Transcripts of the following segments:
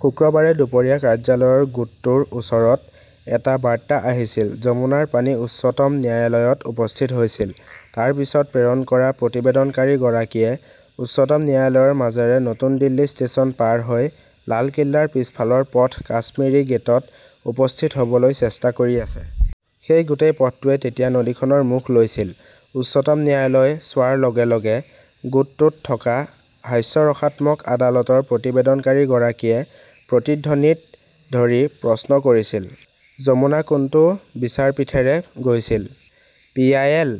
শুক্ৰবাৰে দুপৰীয়া কাৰ্যালয়ৰ গোটটোৰ ওচৰত এটা বাৰ্তা আহিছিল, যমুনাৰ পানী উচ্চতম ন্যায়ালয়ত উপস্থিত হৈছিল! তাৰ পিছত প্ৰেৰণ কৰা প্ৰতিবেদনকাৰীগৰাকীয়ে উচ্চতম ন্যায়ালয়ৰ মাজেৰে নতুন দিল্লী ষ্টেচন পাৰ হৈ লালকিল্লাৰ পিছফালৰ পথত কাশ্মীৰী গেটত উপস্থিত হ "বলৈ চেষ্টা কৰি আছে। সেই গোটেই পথটোৱে তেতিয়া নদীখনৰ মুখ লৈছিল। 'উচ্চতম ন্যায়ালয় "চোৱাৰ লগে লগে গোটটোত থকা হাস্যৰসাত্মক আদালতৰ প্ৰতিবেদনকাৰীগৰাকীয়ে প্ৰতিধ্বনিত কৰি প্ৰশ্ন কৰিছিলঃ" যমুনা কোনটো বিচাৰপীঠেৰে গৈছিল? পি. আই. এল.?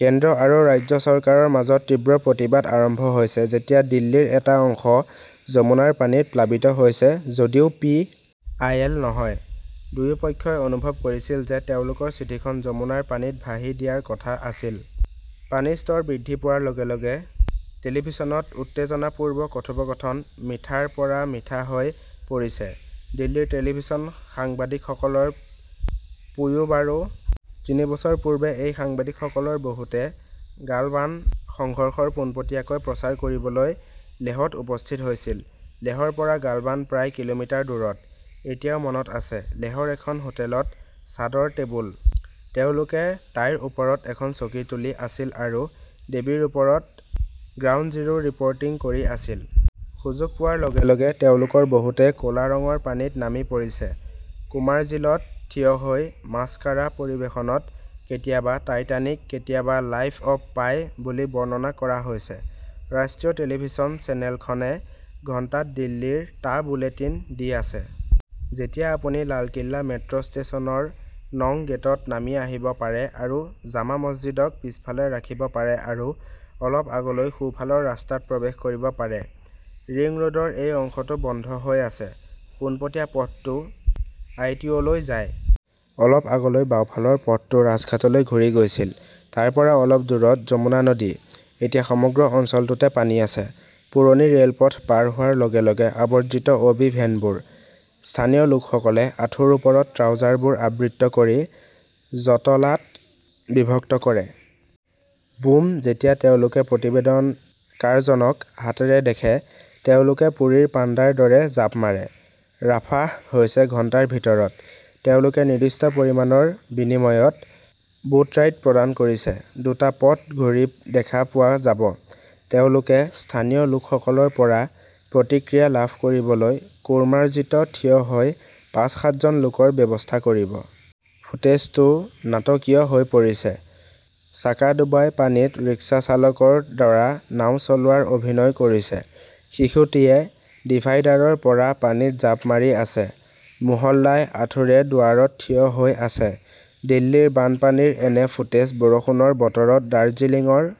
"কেন্দ্ৰ আৰু ৰাজ্য চৰকাৰৰ মাজত তীব্ৰ প্ৰতিবাদ আৰম্ভ হৈছে যেতিয়া দিল্লীৰ এটা অংশ যমুনাৰ পানীত প্লাবিত হৈছে, যদিও পি. আই. এল. নহয়। দুয়োপক্ষই অনুভৱ কৰিছিল যে তেওঁলোকৰ চিঠিখন যমুনাৰ পানীত ভাহি দিয়াৰ কথা আছিল! পানীৰ স্তৰ বৃদ্ধি পোৱাৰ লগে লগে টেলিভিছনত উত্তেজনাপূৰ্ণ কথোপকথন 'মিঠা "ৰ পৰা' মিঠা" হৈ পৰিছে। দিল্লীৰ টেলিভিছন সাংবাদিকসকলৰ পোয়া বাৰো! তিনি বছৰ পূৰ্বে এই সাংবাদিকসকলৰ বহুতে গালৱান সংঘৰ্ষৰ পোনপটীয়াকৈ প্ৰচাৰ কৰিবলৈ লেহত উপস্থিত হৈছিল। লেহৰ পৰা গালৱান প্ৰায় কিলোমিটাৰ দূৰত। এতিয়াও মনত আছে, লেহৰ এখন হোটেলত ছাদৰ টেবুল। তেওঁলোকে তাইৰ ওপৰত এখন চকী তুলি আছিল আৰু দেৱীৰ ওপৰত 'গ্ৰাউণ্ড জিৰো ৰিপৰ্টিং "কৰি আছিল। সুযোগ পোৱাৰ লগে লগে তেওঁলোকৰ বহুতে ক 'লা ৰঙৰ পানীত নামি পৰিছে। কোমাৰ্জিলত থিয় হৈ মাস্কাৰা পৰিৱেশনত কেতিয়াবা "টাইটানিক", কেতিয়াবা "লাইফ অৱ পাই" বুলি বৰ্ণনা কৰা হৈছে। ৰাষ্ট্ৰীয় টেলিভিছন চেনেলখনে ঘণ্টাত দিল্লীৰ টা বুলেটিন দি আছে। যেতিয়া আপুনি লালকিল্লা মেট্ৰ 'ষ্টেচনৰ নং গেটত নামি আহিব পাৰে আৰু জামা মছজিদক পিছফালে ৰাখিব পাৰে আৰু অলপ আগলৈ সোঁফালৰ ৰাস্তাত প্ৰৱেশ কৰিব পাৰে। ৰিং ৰোডৰ এই অংশটো বন্ধ হৈ আছে। পোনপটীয়া পথটো আইটিঅ "লৈ যায়। অলপ আগলৈ বাওঁফালৰ পথটো ৰাজঘাটলৈ ঘূৰি গৈছিল। তাৰ পৰা অলপ দূৰত যমুনা নদী। এতিয়া সমগ্ৰ অঞ্চলটোতে পানী আছে। পুৰণি ৰে 'লপথ পাৰ হোৱাৰ লগে লগে আবৰ্জিত অ' বি ভেনবোৰ। স্থানীয় লোকসকলে আঁঠুৰ ওপৰত ট্ৰাউজাৰবোৰ আবৃত কৰি জটলাত বিভক্ত কৰে। বুম-যেতিয়া তেওঁলোকে প্ৰতিবেদনকাৰজনক হাতেৰে দেখে, তেওঁলোকে পুৰীৰ পাণ্ডাৰ দৰে জাপ মাৰে। ৰাফাহ হৈছে ঘণ্টাৰ ভিতৰত। তেওঁলোকে নিৰ্দিষ্ট পৰিমাণৰ বিনিময়ত 'বোট ৰাইড "প্ৰদান কৰিছে। দুটা পথ ঘূৰি দেখা পোৱা যাব। তেওঁলোকে স্থানীয় লোকসকলৰ পৰা প্ৰতিক্ৰিয়া লাভ কৰিবলৈ কোৰ্মাৰ্জিত থিয় হৈ পাঁচ-সাতজন লোকৰ ব্যৱস্থা কৰিব। ফুটেজটোও নাটকীয় হৈ পৰিছে! চাকাদোবাই পানীত ৰিক্সা চালকৰ দ্বাৰা নাও চলোৱাৰ অভিনয় কৰিছে। শিশুটিৱে ডিভাইডাৰৰ পৰা পানীত জাপ মাৰি আছে। মোহল্লাই আঁঠুৰে দুৱাৰত থিয় হৈ আছে। দিল্লীৰ বানপানীৰ এনে 'ফুটেজ "বৰষুণৰ বতৰত দাৰ্জিলিংৰ